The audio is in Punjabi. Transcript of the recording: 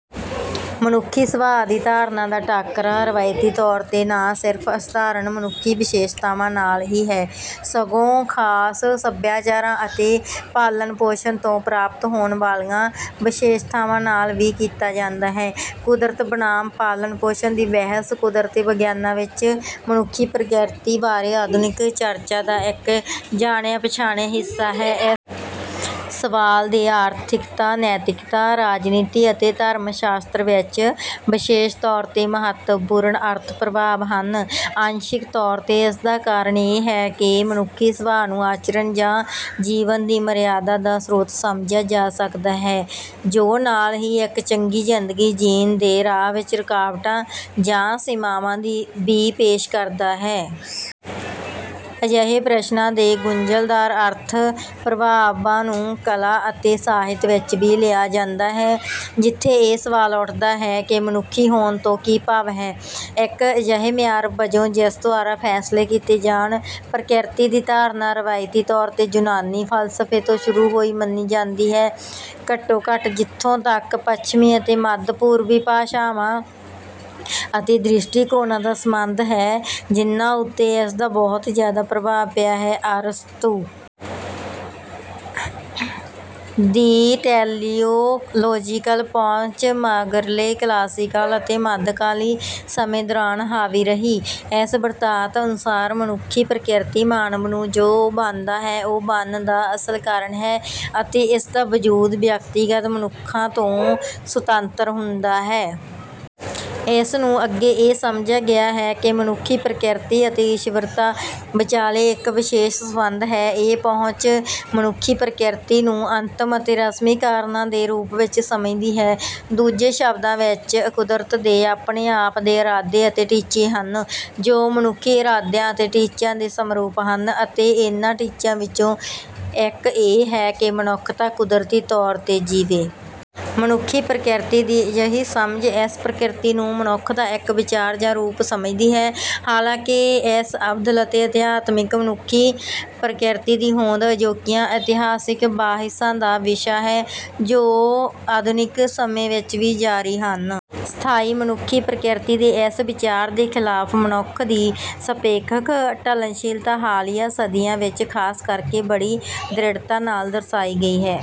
ਮਨੁੱਖੀ ਸੁਭਾਅ ਦੀ ਧਾਰਨਾ ਦਾ ਟਾਕਰਾ ਰਵਾਇਤੀ ਤੌਰ 'ਤੇ ਨਾ ਸਿਰਫ਼ ਅਸਾਧਾਰਨ ਮਨੁੱਖੀ ਵਿਸ਼ੇਸ਼ਤਾਵਾਂ ਨਾਲ ਹੀ ਹੈ, ਸਗੋਂ ਖ਼ਾਸ ਸਭਿਆਚਾਰਾਂ ਅਤੇ ਪਾਲਣ-ਪੋਸ਼ਣ ਤੋਂ ਪ੍ਰਾਪਤ ਹੋਣ ਵਾਲੀਆਂ ਵਿਸ਼ੇਸ਼ਤਾਵਾਂ ਨਾਲ ਵੀ ਕੀਤਾ ਜਾਂਦਾ ਹੈ। "ਕੁਦਰਤ ਬਨਾਮ ਪਾਲਣ-ਪੋਸ਼ਣ" ਦੀ ਬਹਿਸ ਕੁਦਰਤੀ ਵਿਗਿਆਨਾਂ ਵਿੱਚ ਮਨੁੱਖੀ ਪ੍ਰਕਿਰਤੀ ਬਾਰੇ ਆਧੁਨਿਕ ਚਰਚਾ ਦਾ ਇੱਕ ਜਾਣਿਆ-ਪਛਾਣਿਆ ਹਿੱਸਾ ਹੈ। ਇਸ ਸਵਾਲ ਦੇ ਆਰਥਿਕਤਾ, ਨੈਤਿਕਤਾ, ਰਾਜਨੀਤੀ ਅਤੇ ਧਰਮ ਸ਼ਾਸਤਰ ਵਿੱਚ ਵਿਸ਼ੇਸ਼ ਤੌਰ 'ਤੇ ਮਹੱਤਵਪੂਰਨ ਅਰਥ-ਪ੍ਰਭਾਵ ਹਨ। ਅੰਸ਼ਕ ਤੌਰ 'ਤੇ ਇਸ ਦਾ ਕਾਰਨ ਇਹ ਹੈ ਕਿ ਮਨੁੱਖੀ ਸੁਭਾਅ ਨੂੰ ਆਚਰਣ ਜਾਂ ਜੀਵਨ ਦੀ ਮਰਿਆਦਾ ਦਾ ਸਰੋਤ ਸਮਝਿਆ ਜਾ ਸਕਦਾ ਹੈ, ਜੋ ਨਾਲ ਹੀ ਇੱਕ ਚੰਗੀ ਜ਼ਿੰਦਗੀ ਜੀਣ ਦੇ ਰਾਹ ਵਿੱਚ ਰੁਕਾਵਟਾਂ ਜਾਂ ਸੀਮਾਵਾਂ ਵੀ ਪੇਸ਼ ਕਰਦਾ ਹੈ। ਅਜਿਹੇ ਪ੍ਰਸ਼ਨਾਂ ਦੇ ਗੁੰਝਲਦਾਰ ਅਰਥ-ਪ੍ਰਭਾਵਾਂ ਨੂੰ ਕਲਾ ਅਤੇ ਸਾਹਿਤ ਵਿੱਚ ਵੀ ਲਿਆ ਜਾਂਦਾ ਹੈ, ਜਿੱਥੇ ਇਹ ਸਵਾਲ ਉੱਠਦਾ ਹੈ ਕਿ "ਮਨੁੱਖੀ ਹੋਣ" ਤੋਂ ਕੀ ਭਾਵ ਹੈ। ਇੱਕ ਅਜਿਹੇ ਮਿਆਰ ਵਜੋਂ, ਜਿਸ ਦੁਆਰਾ ਫ਼ੈਸਲੇ ਕੀਤੇ ਜਾਣ, ਪ੍ਰਕਿਰਤੀ ਦੀ ਧਾਰਨਾ ਰਵਾਇਤੀ ਤੌਰ 'ਤੇ ਯੂਨਾਨੀ ਫ਼ਲਸਫ਼ੇ ਤੋਂ ਸ਼ੁਰੂ ਹੋਈ ਮੰਨੀ ਜਾਂਦੀ ਹੈ ਘੱਟੋ-ਘੱਟ ਜਿੱਥੋਂ ਤੱਕ ਪੱਛਮੀ ਅਤੇ ਮੱਧ-ਪੂਰਬੀ ਭਾਸ਼ਾਵਾਂ ਅਤੇ ਦ੍ਰਿਸ਼ਟੀਕੋਣਾਂ ਦਾ ਸੰਬੰਧ ਹੈ, ਜਿਨ੍ਹਾਂ ਉੱਤੇ ਇਸ ਦਾ ਬਹੁਤ ਜ਼ਿਆਦਾ ਪ੍ਰਭਾਵ ਪਿਆ ਹੈ। ਅਰਸਤੂ ਦੀ ਟੈਲੀਓਲੋਜੀਕਲ ਪਹੁੰਚ ਮਗਰਲੇ ਕਲਾਸੀਕਲ ਅਤੇ ਮੱਧਕਾਲੀ ਸਮੇਂ ਦੌਰਾਨ ਹਾਵੀ ਰਹੀ। ਇਸ ਬਿਰਤਾਂਤ ਅਨੁਸਾਰ, ਮਨੁੱਖੀ ਪ੍ਰਕਿਰਤੀ ਮਾਨਵ ਨੂੰ ਜੋ ਉਹ ਬਣਦਾ ਹੈ, ਉਹ ਬਣਨ ਦਾ ਅਸਲ ਕਾਰਨ ਹੈ, ਅਤੇ ਇਸ ਦਾ ਵਜੂਦ ਵਿਅਕਤੀਗਤ ਮਨੁੱਖਾਂ ਤੋਂ ਸੁਤੰਤਰ ਹੁੰਦਾ ਹੈ। ਇਸ ਨੂੰ ਅੱਗੇ ਇਹ ਸਮਝਿਆ ਗਿਆ ਹੈ ਕਿ ਮਨੁੱਖੀ ਪ੍ਰਕਿਰਤੀ ਅਤੇ ਈਸ਼ਵਰਤਾ ਵਿਚਾਲੇ ਇੱਕ ਵਿਸ਼ੇਸ਼ ਸੰਬੰਧ ਹੈ। ਇਹ ਪਹੁੰਚ ਮਨੁੱਖੀ ਪ੍ਰਕਿਰਤੀ ਨੂੰ ਅੰਤਿਮ ਅਤੇ ਰਸਮੀ ਕਾਰਨਾਂ ਦੇ ਰੂਪ ਵਿੱਚ ਸਮਝਦੀ ਹੈ। ਦੂਜੇ ਸ਼ਬਦਾਂ ਵਿੱਚ, ਕੁਦਰਤ ਦੇ ਆਪਣੇ ਆਪ ਦੇ ਇਰਾਦੇ ਅਤੇ ਟੀਚੇ ਹਨ ਜੋ ਮਨੁੱਖੀ ਇਰਾਦਿਆਂ ਅਤੇ ਟੀਚਿਆਂ ਦੇ ਸਮਰੂਪ ਹਨ, ਅਤੇ ਇਹਨਾਂ ਟੀਚਿਆਂ ਵਿੱਚੋਂ ਇੱਕ ਇਹ ਹੈ ਕਿ ਮਨੁੱਖਤਾ ਕੁਦਰਤੀ ਤੌਰ 'ਤੇ ਜੀਵੇ। ਮਨੁੱਖੀ ਪ੍ਰਕਿਰਤੀ ਦੀ ਅਜਿਹੀ ਸਮਝ ਇਸ ਪ੍ਰਕਿਰਤੀ ਨੂੰ ਮਨੁੱਖ ਦਾ ਇੱਕ "ਵਿਚਾਰ" ਜਾਂ "ਰੂਪ" ਸਮਝਦੀ ਹੈ। ਹਾਲਾਂਕਿ, ਇਸ ਅਬਦਲ ਅਤੇ ਅਧਿਆਤਮਿਕ ਮਨੁੱਖੀ ਪ੍ਰਕਿਰਤੀ ਦੀ ਹੋਂਦ ਅਜੋਕੀਆਂ ਇਤਿਹਾਸਕ ਬਹਿਸਾਂ ਦਾ ਵਿਸ਼ਾ ਹੈ, ਜੋ ਆਧੁਨਿਕ ਸਮੇਂ ਵਿੱਚ ਵੀ ਜਾਰੀ ਹਨ। ਸਥਾਈ ਮਨੁੱਖੀ ਪ੍ਰਕਿਰਤੀ ਦੇ ਇਸ ਵਿਚਾਰ ਦੇ ਖ਼ਿਲਾਫ਼, ਮਨੁੱਖ ਦੀ ਸਾਪੇਖਕ ਢਲਣਸ਼ੀਲਤਾ ਹਾਲੀਆ ਸਦੀਆਂ ਵਿੱਚ ਖ਼ਾਸ ਕਰਕੇ ਬੜੀ ਦ੍ਰਿੜਤਾ ਨਾਲ ਦਰਸਾਈ ਗਈ ਹੈ।